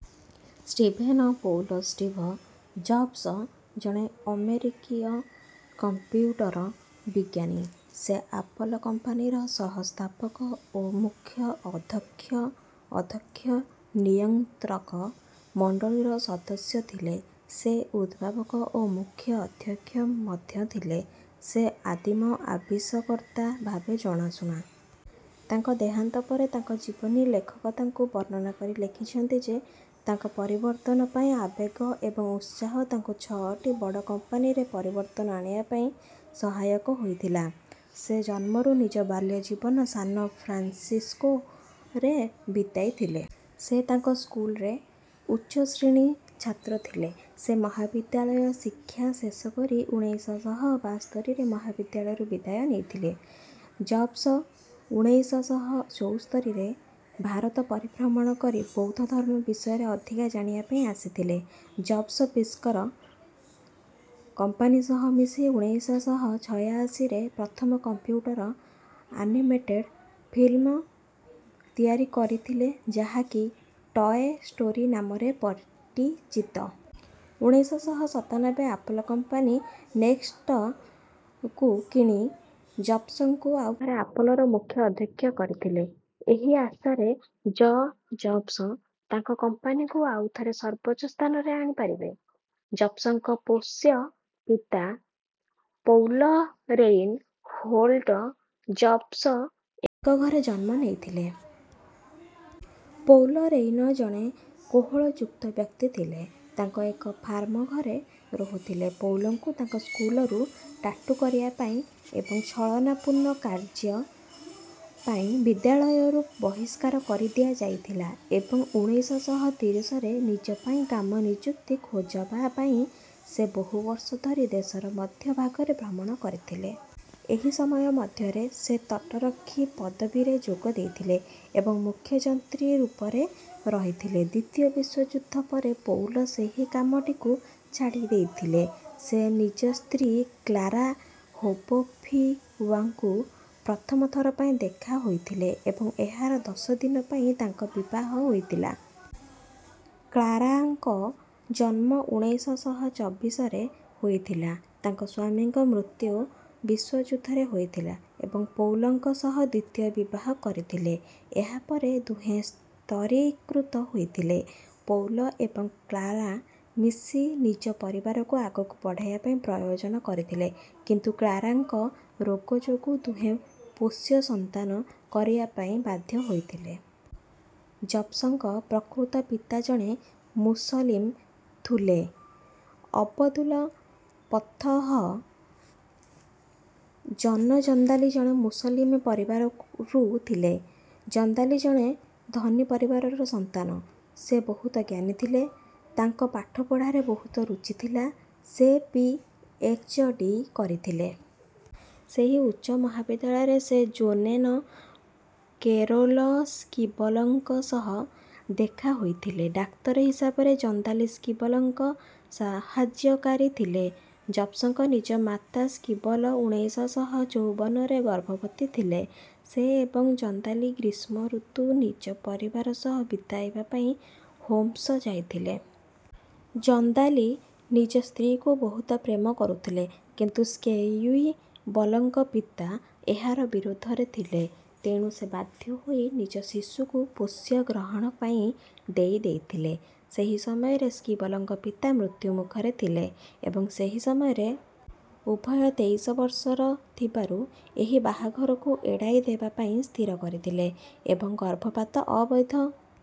Steven Paul Steve Jobs ଜଣେ ଅମେରିକୀୟ computer ବିଜ୍ଞାନୀ। ସେ ଆପଲ କମ୍ପାନୀର ସହ ସ୍ଥାପକ ଓ ମୁଖ୍ୟ ଅଦ୍ଧକ୍ଷ ଅଦ୍ଧକ୍ଷ ନିୟଂତ୍ରକ ମଣ୍ଡଳିର ସଦସ୍ୟ ଥିଲେ। ସେ. ଉଦ୍ଭାବକ ଓ ମୁଖ୍ୟ ଅଧକ୍ଷ ମଧ୍ୟ ଥିଲେ। ସେ ଆଦିମ ଆବିଷକର୍ତା ଭାବେ ଜଣଶୁଣା। ତାଙ୍କ ଦେହାନ୍ତ ପରେ ତାଙ୍କ ଜୀବନୀ ଲେଖକ ତାଙ୍କୁ ବର୍ଣ୍ଣନା କରି ଲେଖିଛନ୍ତି ଯେ ତାଙ୍କ ପରିବର୍ତନ ପାଇଁ ଆବେଗ ଏବଂ ଉତ୍ସାହ ତାଙ୍କୁ ଛଅଟି ବଡ କମ୍ପାନୀରେ ପରିବର୍ତନ ଆଣିବା ପାଇଁ ସହାୟକ ହୋଇଥିଲା। ସେ ଜନ୍ମରୁ ନିଜ ବାଲ୍ୟ ଜୀବନ ସାନ ଫ୍ରାନ୍ସିସ୍କୋ ରେ ବିତାଇ ଥିଲେ। ସେ ତାଙ୍କ ସ୍କୁଲରେ ଉଚ୍ଚ ଶ୍ରେଣୀ ଛାତ୍ର ଥିଲେ। ସେ ମହାବିଦ୍ୟାଳୟ ଶିକ୍ଷା ଶେଷ କରି ଉଣେଇଶ ଶହ ବାସ୍ତରୀରେ ମହାବିଦ୍ୟାଳୟରୁ ବିଦାୟ ନେଇଥିଲେ। ଜବ୍ସ ଉଣେଇଶ ଶହ ଚଉସ୍ତରୀରେ ଭାରତ ପରିଭ୍ରମଣ କରି ବୋୖଦ୍ଧଧର୍ମ ବିଷୟରେ ଅଧିକା ଜାଣିବା ପାଇଁ ଆସିଥିଲେ। ଜବ୍ସ ପିକ୍ସର କମ୍ପାନୀ ସହ ମିଶି ଉଣେଇଶ ଶହ ଛୟାଅଶୀରେ ପ୍ରଥମ କମ୍ପୁଟର ଆନିମଟେଡ଼ ଫିଲ୍ମ ତିଆରି କରିଥିଲେଯାହା କି ଟଏ ଷ୍ଟୋରି ନାମରେ ପଟିଚିତ। ଉଣେଇଶ ଶହ ସତାନବେ ଆପଲ କମ୍ପାନୀ ନେକ୍ସଟ୍ କୁ କିଣି ଜବ୍ସଙ୍କୁ ଆଉ ଥରେ ଆପଲର ମୁଖ୍ୟ ଅଧକ୍ଷ କରିଥିଲେ, ଏହି ଆଶାରେ ଯ ଜବ୍ସ ତାଙ୍କ କମ୍ପାନୀକୁ ଆଉ ଥରେ ସର୍ବୋଚ୍ଚ ସ୍ଥାନରେ ଆଣି ପାରିବେ। ଜବ୍ସଙ୍କ ପୋଷ୍ୟ ପିତା ପୌଲ ରେଇନ ହୋଲ୍ଡ଼ ଜବ୍ସ ଏକ ଘରେ ଜନ୍ମ ନେଇଥିଲେ। ପୌଲ ରେଇନ ଜଣେ କୋହଳଯୁକ୍ତ ବ୍ୟକ୍ତି ଥିଲେ। ତାଙ୍କ ଏକ ଫାର୍ମଘରେ ରହୁଥିଲେ। ପୌଲଙ୍କୁ ତାଙ୍କ ସ୍କୁଲରୁ ଟାଟୁ କରିବା ପାଇଁ ଏବଂ ଛଳନା ପୂର୍ଣ କାର୍ୟ୍ଯ ପାଇଁ ବିଦ୍ୟାଳୟରୁ ବହିଷ୍କାର କରିଦିଆ ଯାଇଥିଲା ଏବଂ ଉଣେଇଶ ଶହ ତିରିଶରେ ନିଜ ପାଇଁ କାମ ନିଯୁକ୍ତି ଖୋଜବା ପାଇଁ ସେ ବହୁ ବର୍ଷ ଧରି ଦେଶର ମଧ୍ୟ ଭାଗରେ ଭ୍ରମଣ କରିଥିଲେ। ଏହି ସମୟ ମଧ୍ୟରେ ସେ ତଟରକ୍ଷୀ ପଦବୀରେ ଯୋଗ ଦେଇଥିଲେ ଏବଂ ମୁଖ୍ୟ ଯନ୍ତ୍ରୀ ରୂପରେ ରହିଥିଲେ। ଦ୍ୱିତୀୟ ବିଶ୍ୱ ଯୁଦ୍ଧ ପରେ ପୌଲ ସେହି କାମ ଟିକୁ ଛାଡି ଦେଇଥିଲେ। ସେ ନିଜ ସ୍ତ୍ରୀ କ୍ଳାରା ହୋଗଫିୱାଂଙ୍କୁ ପ୍ରଥମ ଥର ପାଇଁ ଦେଖା ହୋଇଥିଲେ ଏବଂ ଏହାର ଦଶ ଦିନ ପାଇଁ ତାଙ୍କ ବିବାହ ହୋଇଥିଲ। କ୍ଳାରାଙ୍କ ଜନ୍ମ ଉଣେଇଶ ଶହ ଚବିଶରେ ହୋଇ ଥିଲା। ତାଙ୍କ ସ୍ୱାମୀଙ୍କ ମୃତ୍ୟୁ ବିଶ୍ୱଯୁଦ୍ଧରେ ହୋଇଥିଲା ଏବଂ ପୌଲଙ୍କ ସହ ଦ୍ୱିତୀୟ ବିବାହ କରିଥିଲେ। ଏହାପରେ ଦୁହେଁ ସ୍ଥରୀକୃତ ହୋଇଥିଲେ। ପୌଲ ଏବଂ କ୍ଳାରା ମିଶି ନିଜ ପରିବାରକୁ ଆଗକୁ ବଢାଇବା ପାଇଁ ପ୍ରୟୋଜନ କରିଥିଲେ କିନ୍ତୁ କ୍ଳାରାଙ୍କ ରୋଗ ଯୋଗୁଁ ଦୁହେଁ ପୋଷ୍ୟ ସନ୍ତାନ କରିବା ପାଇଁ ବାଧ୍ୟ ହୋଇଥିଲେ। ଜବ୍ସଙ୍କ ପ୍ରକୃତ ପିତା ଜଣେ ମୁସଲିମ ଥୁଲେ। ଅବଦୁଲ ପତ୍ଥହ ଜନ ଜନ୍ଦାଲି ଜଣେ ମୁସଲିମ ପରିବାରରୁ ଥିଲେ। ଜନ୍ଦାଲି ଜଣେ ଧନୀ ପରିବାରର ସନ୍ତାନ। ସେ ବହୁତ ଜ୍ଞାନୀ ଥିଲେ। ତାଙ୍କ ପାଠପଢ଼ାରେ ବହୁତ ରୁଚି ଥିଲା। ସେ ପି. ଏଚ. ଡି କରିଥିଲେ। ସେହି ଉଚ୍ଚ ମହାବିଦ୍ୟାଳୟରେ ସେଯୋନେନ କେରୋଲ ସ୍କିବଲ ଙ୍କ ସହ ଦେଖା ହୋଇଥିଲେ। ଡାକ୍ତର ହିସାବରେ ଜନ୍ଦାଲି ସ୍କିବଲଙ୍କ ସହାଯ୍ୟକାରୀ ଥିଲେ। ଜବ୍ସଙ୍କ ନିଜ ମାତା ସ୍କିବଲ ଉଣେଇଶ ଶହ ଚଉବନରେ ଗର୍ଭବତୀ ଥିଲେ। ସେ ଏବଂ ଜନ୍ଦାଲି ଗ୍ରୀଷ୍ମୠତୁ ନିଜ ପରିବାର ସହ ବିତାଇବା ପାଇଁ ହୋମ୍ସ ଯାଇଥିଲେ। ଜନ୍ଦାଲି ନିଜ ସ୍ତ୍ରୀଙ୍କୁ ବହୁତ ପ୍ରେମ କରୁଥିଲେ କିନ୍ତୁ ସ୍କେୱିବଲଙ୍କ ପିତା ଏହାର ବିରୋଧରେ ଥିଲେ। ତେଣୁ ସେ ବାଧ୍ୟ ହୋଇ ନିଜ ଶିଶୁକୁ ପୋଷ୍ୟ ଗ୍ରହଣ ପାଇଁ ଦେଇ ଦେଇଥିଲେ। ସେହି ସମୟରେ ସ୍କିବଲଙ୍କ ପିତା ମୃତ୍ୟୁ ମୁଖରେ ଥିଲେ। ଏବଂ ସେହି ସମୟରେ ଉଭୟ ତେଇଶ ବର୍ଷର ଥିବାରୁ ଏହି ବାହାଘରକୁ ଏଡାଇ ଦେବା ପାଇଁ ସ୍ଥିର କରିଥିଲେ ଏବଂ ଗର୍ଭପାତ ଅବୈଧ